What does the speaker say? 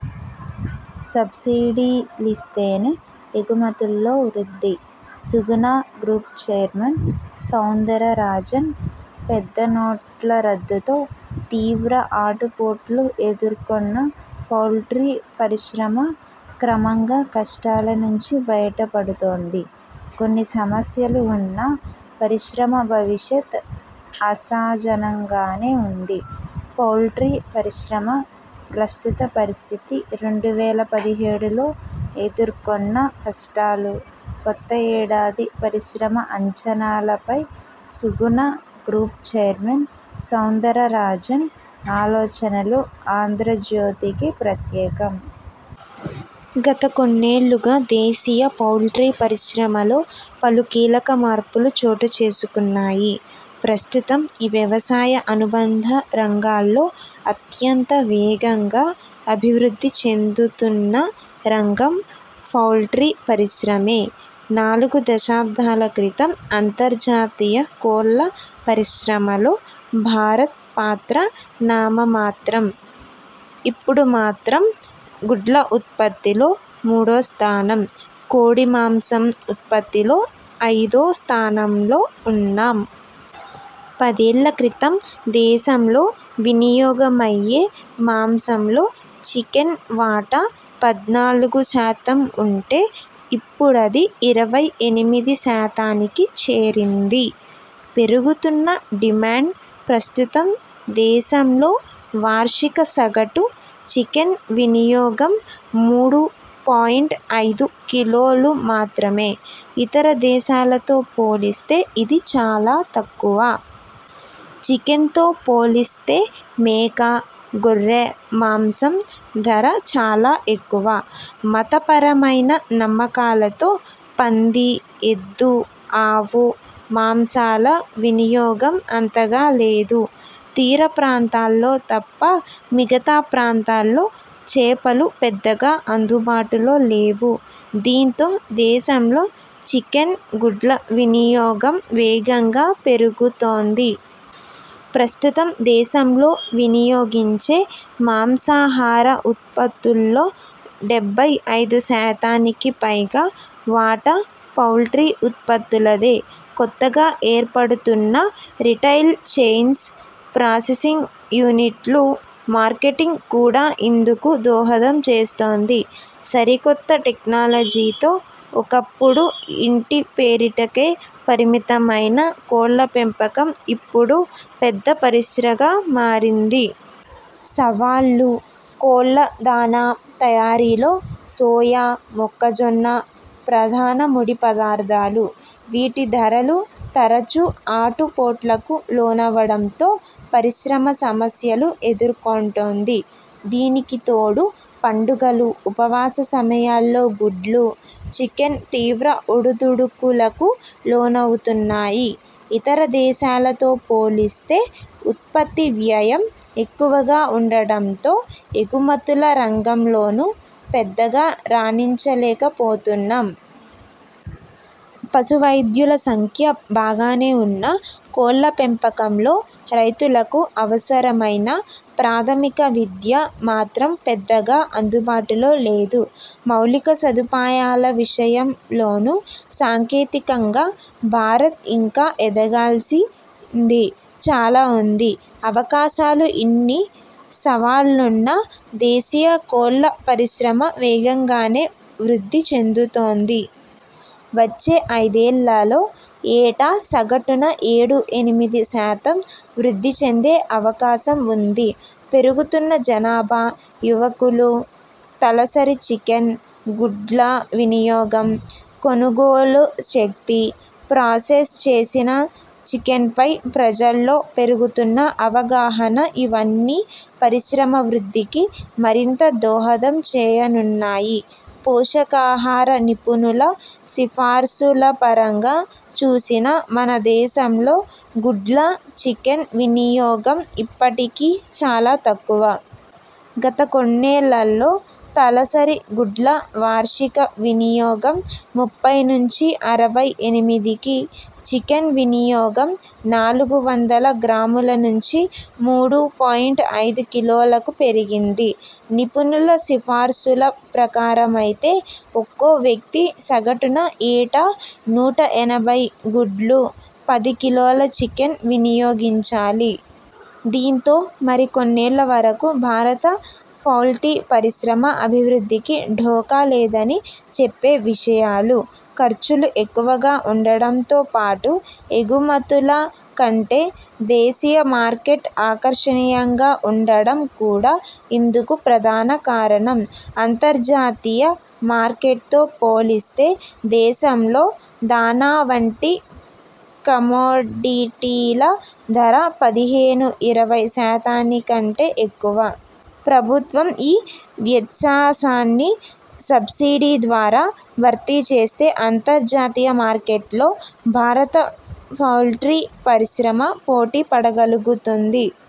Subsidy లిస్తేనే ఎగుమతుల్లో వృద్ధి Suguna group chairman Soundararajan పెద్ద నోట్ల రద్దు తో తీవ్ర ఆటు పోట్లు ఎదుర్కొన్న పౌల్ట్రీ పరిశ్రమ క్రమంగా కష్టాల నుంచి బయట పడుతోంది. కొన్ని సమస్యలు ఉన్నా పరిశ్రమ భవిష్యత్ ఆశాజనంగానే ఉంది. పౌల్ట్రీ పరిశ్రమ ప్రస్తుత పరిస్థితి, రెండు వేల పదిహేడులో ఎదుర్కొన్న కష్టాలు, కొత్త ఏడాది పరిశ్రమ అంచనాల పై Suguna group chairman Soundararajan ఆలోచనలు 'ఆంధ్రజ్యోతి'కి ప్రత్యేకం. గత కొన్నేళ్లుగా దేశీయ పౌల్ట్రీ పరిశ్రమలో పలు కీలక మార్పులు చోటు చేసుకున్నాయి. ప్రస్తుతం వ్యవసాయ అనుబంధ రంగాల్లో అత్యంత వేగంగా అభివృద్ధి చెందుతున్న రంగం పౌల్ట్రీ పరిశ్రమే. నాలుగు దశాబ్ధాల క్రితం అంతర్జాతీయ కోళ్ల పరిశ్రమలో భారత్ పాత్ర నామమాత్రం. ఇపుడు మాత్రం గుడ్ల ఉత్పత్తిలో మూడో స్థానం, కోడి మాంసం ఉత్పత్తిలో ఐదో స్థానంలో ఉన్నాం. పదేళ్ల క్రితం దేశంలో వినియోగ మయ్యే మాంసంలో చికెన్ వాటా పద్నాలుగు శాతం ఉంటే ఇప్పుడది ఇరవై ఎనిమిది శాతానికి చేరింది. పెరుగుతున్న డిమాండ్ ప్రస్తుతం దేశంలో వార్షిక సగటు చికెన్ వినియోగం మూడు పాయింట్ ఐదు కిలోలు మాత్రమే. ఇతర దేశాలతో పోలిస్తే ఇది చాలా తక్కువ. చికెన్తో పోలిస్తే మేక, గొర్రె మాంసం ధర చాలా ఎక్కువ. మత పరమైన నమ్మకాలతో పంది, ఎద్దు, ఆవు మాంసాల వినియోగం అంతగా లేదు. తీర ప్రాంతాల్లో తప్ప మిగతా ప్రాంతాల్లో చేపలు పెద్దగా అందుబాటులో లేవు. దీంతో దేశంలో చికెన్, గుడ్ల వినియోగం వేగంగా పెరుగుతోంది. ప్రస్తుతం దేశంలో వినియోగించే మాంసాహార ఉత్పత్తుల్లో డెబ్బై ఐదు శాతానికి పైగా వాటా పౌల్ట్రీ ఉత్పత్తులదే. కొత్తగా ఏర్పడుతున్న రిటైల్ చెయిన్స్, ప్రాసెసింగ్ యూనిట్లు, మార్కెటింగ్ కూడా ఇందుకు దోహదం చేస్తోంది. సరికొత్త టెక్నాలజీతో ఒకప్పుడు ఇంటి పెరటికే పరిమితమైన కోళ్ల పెంపకం ఇపుడు పెద్ద పరిశ్రగా మారింది. సవాళ్లు, కోళ్ల దాణా తయారీలో సోయా, మొక్కజొన్న ప్రధాన ముడి పదార్ధాలు. వీటి ధరలు తరచూ ఆటు పోట్లకు లోనవడంతో పరిశ్రమ సమస్యలు ఎదుర్కొంటోంది. దీనికి తోడు పండగలు ఉపవాస సమయాల్లో గుడ్లు, చికెన్ తీవ్ర ఒడుదుడుకులకు లోనవుతున్నాయి. ఇతర దేశాలతో పోలిస్తే ఉత్పత్తి వ్యయం ఎక్కువగా ఉండడంతో ఎగుమతుల రంగంలోనూ పెద్దగా రాణించలేక పోతున్నాం. పశు వైద్యుల సంఖ్య బాగానే ఉన్నా కోళ్ల పెంపకంలో రైతులకు అవసరమైన ప్రాథమిక విద్య మాత్రం పెద్దగా అందుబాటులో లేదు. మౌలిక సదుపాయాల విషయం లోనూ సాంకేతికంగా భారత్ ఇంకా ఎదగాల్సింది చాలా ఉంది. అవకాశాలు ఇన్ని సవాళ్లున్నా దేశీయ కోళ్ల పరిశ్రమ వేగంగానే వృద్ధి చెందుతోంది. వచ్చే ఐదేళ్లలో ఏటా సగటున ఏడు ఎనిమిది శాతం వృద్ధి చెందే అవకాశం ఉంది. పెరుగుతున్న జనాభా, యువకులు, తలసరి చికెన్, గుడ్ల వినియోగం, కొనుగోలు శక్తి, ప్రాసెస్ చేసిన చికెన్పై ప్రజల్లో పెరుగుతున్న అవగాహన ఇవన్నీ పరిశ్రమ వృద్ధికి మరింత దోహదం చేయనున్నాయి. పోషకాహార నిపుణుల సిఫార్సులపరంగా చూసినా మన దేశంలో గుడ్ల, చికెన్ వినియోగం ఇప్పటికీ చాలా తక్కువ. గత కొన్నేళ్లలో తలసరి గుడ్ల వార్షిక వినియోగం ముప్పై నుంచి అరవై ఎనిమిదికి, చికెన్ వినియోగం నాలుగు వందల గ్రాముల నుంచి మూడు పాయింట్ ఐదు కిలోలకు పెరిగింది. నిపుణుల సిఫార్సుల ప్రకారమైతే ఒక్కో వ్యక్తి సగటున ఏటా నూట ఎనభై గుడ్లు, పది కిలోల చికెన్ వినియోగించాలి. దీంతో మరి కొన్నేళ్ల వరకు భారత పౌల్టీ పరిశ్రమ అభివృద్ధికి ఢోకా లేదని చెప్పే విషయాలు. ఖర్చులు ఎక్కువగా ఉండడంతో పాటు, ఎగమతుల కంటే దేశీయ మార్కెట్ ఆకర్షణీయంగా ఉండడం కూడా ఇందుకు ప్రధాన కారణం. అంతర్జాతీయ మార్కెట్తో పోలిస్తే దేశంలో దాణా వంటి కమోడిటీల ధర పదిహేను ఇరవై శాతాని కంటే ఎక్కువ. ప్రభుత్వం ఈ వ్యత్సాసాన్ని సబ్సిడీ ద్వారా భర్తీ చేస్తే అంతర్జాతీయ మార్కెట్లో భారత పౌల్ట్రీ పరిశ్రమ పోటీ పడగలుగుతుంది.